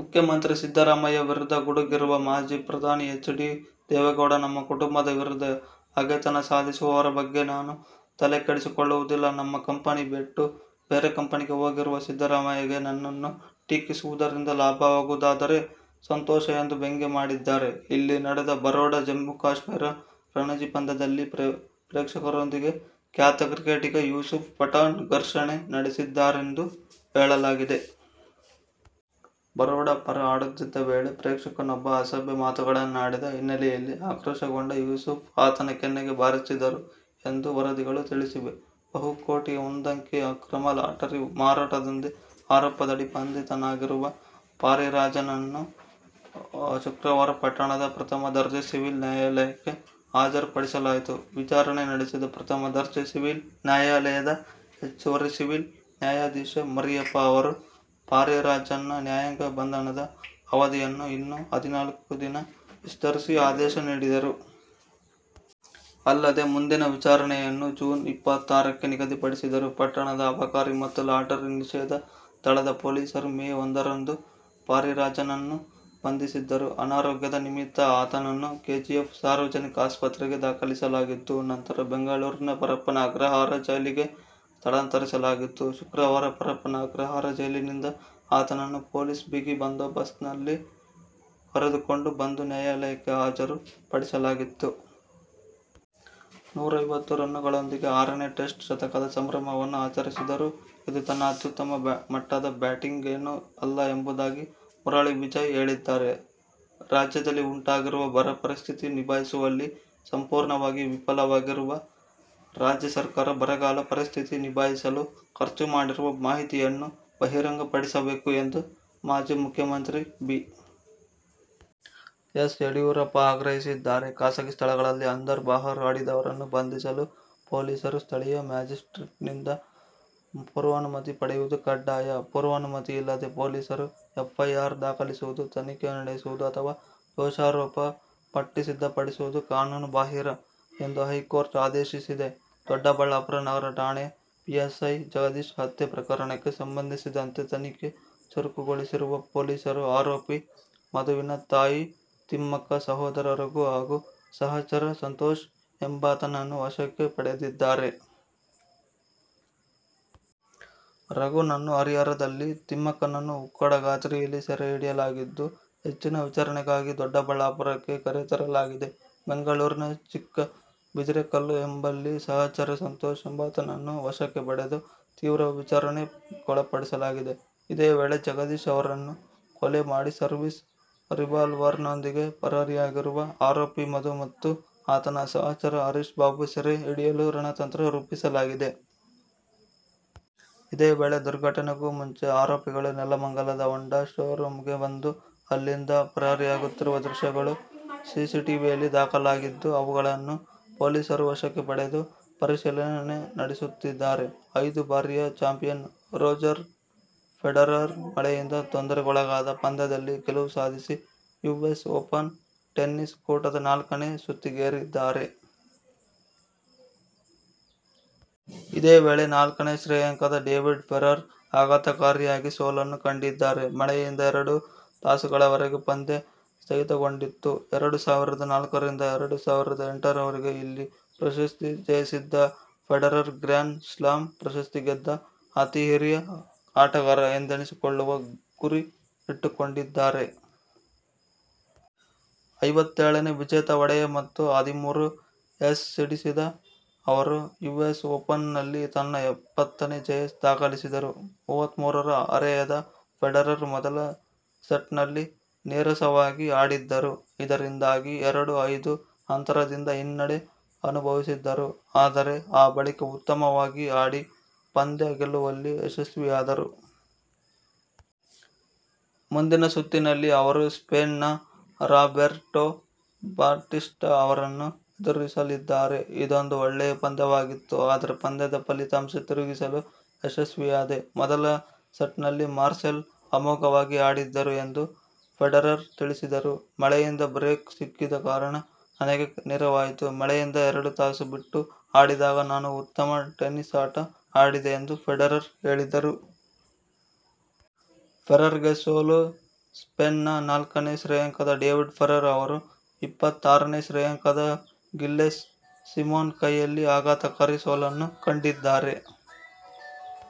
ಮುಖ್ಯಮಂತ್ರಿ ಸಿದ್ದರಾಮಯ್ಯ ವಿರುದ್ಧ ಗುಡುಗಿರುವ ಮಾಜಿ ಪ್ರಧಾನಿ ಎಚ್. ಡಿ. ದೇವೇಗೌಡ, ನಮ್ಮ ಕುಟುಂಬದ ವಿರುದ್ಧ ಹಗೆತನ ಸಾಧಿಸುವವರ ಬಗ್ಗೆ ನಾನು ತಲೆಕೆಡಿಸಿಕೊಳ್ಳುವುದಿಲ್ಲ. ನಮ್ಮ ಕಂಪನಿ ಬಿಟ್ಟು ಬೇರೆ ಕಂಪನಿಗೆ ಹೋಗಿರುವ ಸಿದ್ದರಾಮಯ್ಯಗೆ ನನ್ನನ್ನು ಟೀಕಿಸುವುದರಿಂದ ಲಾಭವಾಗುವುದಾದರೆ ಸಂತೋಷ ಎಂದು ವ್ಯಂಗ್ಯ ಮಾಡಿದ್ದಾರೆ. ಇಲ್ಲಿ ನಡೆದ ಬರೋಡಾ-ಜಮ್ಮುಕಾಶ್ಮೀರ ರಣಜಿ ಪಂದ್ಯದಲ್ಲಿ ಪ್ರೇಕ್ಷಕರೊಂದಿಗೆ ಖ್ಯಾತ ಕ್ರಿಕೆಟಿಗ ಯೂಸುಫ್ ಪಠಾಣ್ ಘರ್ಷಣೆ ನಡೆಸಿದ್ದಾರೆಂದು ಹೇಳಲಾಗಿದೆ. ಬರೋಡಾ ಪರ ಆಡುತ್ತಿದ್ದ ವೇಳೆ ಪ್ರೇಕ್ಷಕನೊಬ್ಬ ಅಸಭ್ಯ ಮಾತುಗಳನ್ನಾಡಿದ ಹಿನ್ನೆಲೆಯಲ್ಲಿ ಆಕ್ರೋಶಗೊಂಡ ಯೂಸುಫ್ ಆತನ ಕೆನ್ನೆಗೆ ಬಾರಿಸಿದರು ಎಂದು ವರದಿಗಳು ತಿಳಿಸಿವೆ. ಬಹುಕೋಟಿ ಒಂದಂಕಿ ಅಕ್ರಮ ಲಾಟರಿ ಮಾರಾಟ ದಂಧೆ ಆರೋಪದಡಿ ಬಂಧಿತನಾಗಿರುವ ಪಾರಿರಾಜನ್ನನ್ನು ಶುಕ್ರವಾರ ಪಟ್ಟಣದ ಪ್ರಥಮ ದರ್ಜೆ ಸಿವಿಲ್ ನ್ಯಾಯಾಲಯಕ್ಕೆ ಹಾಜರುಪಡಿಸಲಾಯಿತು. ವಿಚಾರಣೆ ನಡೆಸಿದ ಪ್ರಥಮ ದರ್ಜೆ ಸಿವಿಲ್ ನ್ಯಾಯಾಲಯದ ಹೆಚ್ಚುವರಿ ಸಿವಿಲ್ ನ್ಯಾಯಾಧೀಶ ಮರಿಯಪ್ಪ ಅವರು, ಪಾರಿರಾಜನ್ನ ನ್ಯಾಯಾಂಗ ಬಂಧನದ ಅವಧಿಯನ್ನು ಇನ್ನೂ ಹದಿನಾಲ್ಕು ದಿನ ವಿಸ್ತರಿಸಿ, ಆದೇಶ ನೀಡಿದರು. ಅಲ್ಲದೆ, ಮುಂದಿನ ವಿಚಾರಣೆಯನ್ನು ಜೂನ್ ಇಪ್ಪತ್ತಾರಕ್ಕೆ ನಿಗದಿಪಡಿಸಿದರು. ಪಟ್ಟಣದ ಅಬಕಾರಿ ಮತ್ತು ಲಾಟರಿ ನಿಷೇಧ ದಳದ ಪೊಲೀಸರು ಮೇ ಒಂದರಂದು ಪಾರಿರಾಜನನ್ನು ಬಂಧಿಸಿದ್ದರು. ಅನಾರೋಗ್ಯದ ನಿಮಿತ್ತ ಆತನನ್ನು ಕೆಜಿಎಫ್ ಸಾರ್ವಜನಿಕ ಆಸ್ಪತ್ರೆಗೆ ದಾಖಲಿಸಲಾಗಿತ್ತು. ನಂತರ, ಬೆಂಗಳೂರಿನ ಪರಪ್ಪನ ಅಗ್ರಹಾರ ಜೈಲಿಗೆ ಸ್ಥಳಾಂತರಿಸಲಾಗಿತ್ತು. ಶುಕ್ರವಾರ ಪರಪ್ಪನ ಅಗ್ರಹಾರ ಜೈಲಿನಿಂದ ಆತನನ್ನು ಪೊಲೀಸ್ ಬಿಗಿ ಬಂದೋಬಸ್ತ್ನಲ್ಲಿ ಕರೆದುಕೊಂಡು ಬಂದು ನ್ಯಾಯಾಲಯಕ್ಕೆ ಹಾಜರು ಪಡಿಸಲಾಗಿತ್ತು. ನೂರೈವತ್ತು ರನ್ನುಗಳೊಂದಿಗೆ ಆರನೇ ಟೆಸ್ಟ್ ಶತಕದ ಸಂಭ್ರಮವನ್ನು ಆಚರಿಸಿದರೂ ಇದು ತನ್ನ ಅತ್ಯುತ್ತಮ ಮಟ್ಟದ ಬ್ಯಾಟಿಂಗ್ ಏನೂ ಅಲ್ಲ ಎಂಬುದಾಗಿ ಮುರಳಿ ವಿಜಯ್ ಹೇಳಿದ್ದಾರೆ. ರಾಜ್ಯದಲ್ಲಿ ಉಂಟಾಗಿರುವ ಬರ ಪರಿಸ್ಥಿತಿ ನಿಭಾಯಿಸುವಲ್ಲಿ ಸಂಪೂರ್ಣವಾಗಿ ವಿಫಲವಾಗಿರುವ ರಾಜ್ಯ ಸರ್ಕಾರ ಬರಗಾಲ ಪರಿಸ್ಥಿತಿ ನಿಭಾಯಿಸಲು ಖರ್ಚು ಮಾಡಿರುವ ಮಾಹಿತಿಯನ್ನು ಬಹಿರಂಗ ಪಡಿಸಬೇಕು ಎಂದು ಮಾಜಿ ಮುಖ್ಯಮಂತ್ರಿ ಬಿ. ಎಸ್. ಯಡಿಯೂರಪ್ಪ ಆಗ್ರಹಿಸಿದ್ದಾರೆ. ಖಾಸಗಿ ಸ್ಥಳಗಳಲ್ಲಿ ಅಂದರ್-ಬಾಹರ್ ಆಡಿದವರನ್ನು ಬಂಧಿಸಲು ಪೊಲೀಸರು ಸ್ಥಳೀಯ ಮ್ಯಾಜಿಸ್ಟ್ರೇಟ್ರಿಂದ ಪೂರ್ವಾನುಮತಿ ಪಡೆಯುವುದು ಕಡ್ಡಾಯ. ಪೂರ್ವಾನುಮತಿ ಇಲ್ಲದೆ ಪೊಲೀಸರು ಎಫ್ಐಆರ್ ದಾಖಲಿಸುವುದು, ತನಿಖೆ ನಡೆಸುವುದು ಅಥವಾ ದೋಷಾರೋಪ ಪಟ್ಟಿ ಸಿದ್ಧಪಡಿಸುವುದು ಕಾನೂನು ಬಾಹಿರ ಎಂದು ಹೈಕೋರ್ಟ್ ಆದೇಶಿಸಿದೆ. ದೊಡ್ಡಬಳ್ಳಾಪುರ ನಗರ ಠಾಣೆ ಪಿಎಸ್ಐ ಜಗದೀಶ್ ಹತ್ಯೆ ಪ್ರಕರಣಕ್ಕೆ ಸಂಬಂಧಿಸಿದಂತೆ ತನಿಖೆ ಚುರುಕುಗೊಳಿಸಿರುವ ಪೊಲೀಸರು ಆರೋಪಿ ಮಧುವಿನ ತಾಯಿ ತಿಮ್ಮಕ್ಕ, ಸಹೋದರ ರಘು ಹಾಗೂ ಸಹಚರ ಸಂತೋಷ್ ಎಂಬಾತನನ್ನು ವಶಕ್ಕೆ ಪಡೆದಿದ್ದಾರೆ. ರಘುನನ್ನು ಹರಿಹರದಲ್ಲಿ, ತಿಮ್ಮಕ್ಕನನ್ನು ಉಕ್ಕಡಗಾತ್ರಿಯಲ್ಲಿ ಸೆರೆ ಹಿಡಿಯಲಾಗಿದ್ದು, ಹೆಚ್ಚಿನ ವಿಚಾರಣೆಗಾಗಿ ದೊಡ್ಡಬಳ್ಳಾಪುರಕ್ಕೆ ಕರೆತರಲಾಗಿದೆ. ಬೆಂಗಳೂರಿನ ಚಿಕ್ಕಬಿದಿರೆಕಲ್ಲು ಎಂಬಲ್ಲಿ ಸಹಚರ ಸಂತೋಷ್ ಎಂಬಾತನನ್ನು ವಶಕ್ಕೆ ಪಡೆದು ತೀವ್ರ ವಿಚಾರಣೆ ಗೊಳಪಡಿಸಲಾಗಿದೆ. ಇದೇ ವೇಳೆ, ಜಗದೀಶ್ ಅವರನ್ನು ಕೊಲೆ ಮಾಡಿ ಸರ್ವೀಸ್ ರಿವಾಲ್ವರ್ನೊಂದಿಗೆ ಪರಾರಿಯಾಗಿರುವ ಆರೋಪಿ ಮಧು ಮತ್ತು ಆತನ ಸಚಹರ ಹರೀಶ್ಬಾಬು ಸೆರೆ ಹಿಡಿಯಲು ರಣತಂತ್ರ ರೂಪಿಸಲಾಗಿದೆ. ಇದೇ ವೇಳೆ, ದುರ್ಘಟನೆಗೂ ಮುಂಚೆ ಆರೋಪಿಗಳು ನೆಲಮಂಗಲದ ಹೊಂಡಾ ಶೋ ರೂಮ್ಗೆ ಬಂದು, ಅಲ್ಲಿಂದ ಪರಾರಿಯಾಗುತ್ತಿರುವ ದೃಶ್ಯಗಳು ಸಿಸಿಟಿವಿಯಲ್ಲಿ ದಾಖಲಾಗಿದ್ದು, ಅವುಗಳನ್ನು ಪೊಲೀಸರು ವಶಕ್ಕೆ ಪಡೆದು, ಪರಿಶೀಲನೆ ನಡೆಸುತ್ತಿದ್ದಾರೆ. ಐದು ಬಾರಿಯ ಚಾಂಪಿಯನ್ ರೋಜರ್ ಫೆಡರರ್ ಮಳೆಯಿಂದ ತೊಂದರೆಗೊಳಗಾದ ಪಂದ್ಯದಲ್ಲಿ ಗೆಲುವು ಸಾಧಿಸಿ ಯುಎಸ್ ಓಪನ್ ಟೆನ್ನಿಸ್ ಕೂಟದ ನಾಲ್ಕನೇ ಸುತ್ತಿಗೇರಿದ್ದಾರೆ. ಇದೇ ವೇಳೆ ನಾಲ್ಕನೇ ಶ್ರೇಯಾಂಕದ ಡೇವಿಡ್ ಫೆರರ್ ಆಘಾತಕಾರಿಯಾಗಿ ಸೋಲನ್ನು ಕಂಡಿದ್ದಾರೆ. ಮಳೆಯಿಂದ ಎರಡು ತಾಸುಗಳವರೆಗೆ ಪಂದ್ಯ ಸ್ಥಗಿತಗೊಂಡಿತ್ತು. ಎರಡು ಸಾವಿರದ ನಾಲ್ಕರಿಂದ ಎರಡು ಸಾವಿರದ ಎಂಟರವರೆಗೆ ಇಲ್ಲಿ ಪ್ರಶಸ್ತಿ ಜಯಿಸಿದ್ದ ಫೆಡರರ್ ಗ್ರ್ಯಾನ್ ಸ್ಲಾಮ್ ಪ್ರಶಸ್ತಿ ಗೆದ್ದ ಅತೀ ಹಿರಿಯ ಆಟಗಾರ ಎಂದೆನಿಸಿಕೊಳ್ಳುವ ಗುರಿ ಇಟ್ಟುಕೊಂಡಿದ್ದಾರೆ. ಐವತ್ತೇಳನೇ ವಿಜೇತ ಹೊಡೆಯ ಮತ್ತು ಹದಿಮೂರು ಏಸ್ ಸಿಡಿಸಿದ ಅವರು ಯುಎಸ್ ಓಪನ್ನಲ್ಲಿ ತನ್ನ ಎಪ್ಪತ್ತನೇ ಜಯ ದಾಖಲಿಸಿದರು. ಮೂವತ್ಮೂರರ ಹರೆಯದ ಫೆಡರರ್ ಮೊದಲ ಸೆಟ್ನಲ್ಲಿ ನೀರಸವಾಗಿ ಆಡಿದ್ದರು. ಇದರಿಂದಾಗಿ ಎರಡು-ಐದು ಅಂತರದಿಂದ ಹಿನ್ನಡೆ ಅನುಭವಿಸಿದ್ದರು. ಆದರೆ ಆ ಬಳಿಕ ಉತ್ತಮವಾಗಿ ಆಡಿ ಪಂದ್ಯ ಗೆಲ್ಲುವಲ್ಲಿ ಯಶಸ್ವಿಯಾದರು. ಮುಂದಿನ ಸುತ್ತಿನಲ್ಲಿ ಅವರು ಸ್ಪೇನ್ನ ರಾಬೆರ್ಟೊ ಬಾಟಿಸ್ಟಾ ಅವರನ್ನು ಎದುರಿಸಲಿದ್ದಾರೆ. ಇದೊಂದು ಒಳ್ಳೆಯ ಪಂದ್ಯವಾಗಿತ್ತು. ಆದರೆ ಪಂದ್ಯದ ಫಲಿತಾಂಶ ತಿರುಗಿಸಲು ಯಶಸ್ವಿಯಾದೆ. ಮೊದಲ ಸೆಟ್ನಲ್ಲಿ ಮಾರ್ಸೆಲ್ ಅಮೋಘವಾಗಿ ಆಡಿದ್ದರು ಎಂದು ಫೆಡರರ್ ತಿಳಿಸಿದರು. ಮಳೆಯಿಂದ ಬ್ರೇಕ್ ಸಿಕ್ಕಿದ ಕಾರಣ ನನಗೆ ನೆರವಾಯಿತು. ಮಳೆಯಿಂದ ಎರಡು ತಾಸು ಬಿಟ್ಟು ಆಡಿದಾಗ ನಾನು ಉತ್ತಮ ಟೆನಿಸ್ ಆಟ ಆಡಿದೆ ಎಂದು ಫೆಡರರ್ ಹೇಳಿದರು. ಫೆರರ್ಗೆ ಸೋಲು ಸ್ಪೇನ್ನ ನಾಲ್ಕನೇ ಶ್ರೇಯಾಂಕದ ಡೇವಿಡ್ ಫೆರರ್ ಅವರು ಇಪ್ಪತ್ತಾರನೇ ಶ್ರೇಯಾಂಕದ ಗಿಲ್ಲೆಸ್ ಸಿಮೋನ್ ಕೈಯಲ್ಲಿ ಆಘಾತಕಾರಿ ಸೋಲನ್ನು ಕಂಡಿದ್ದಾರೆ.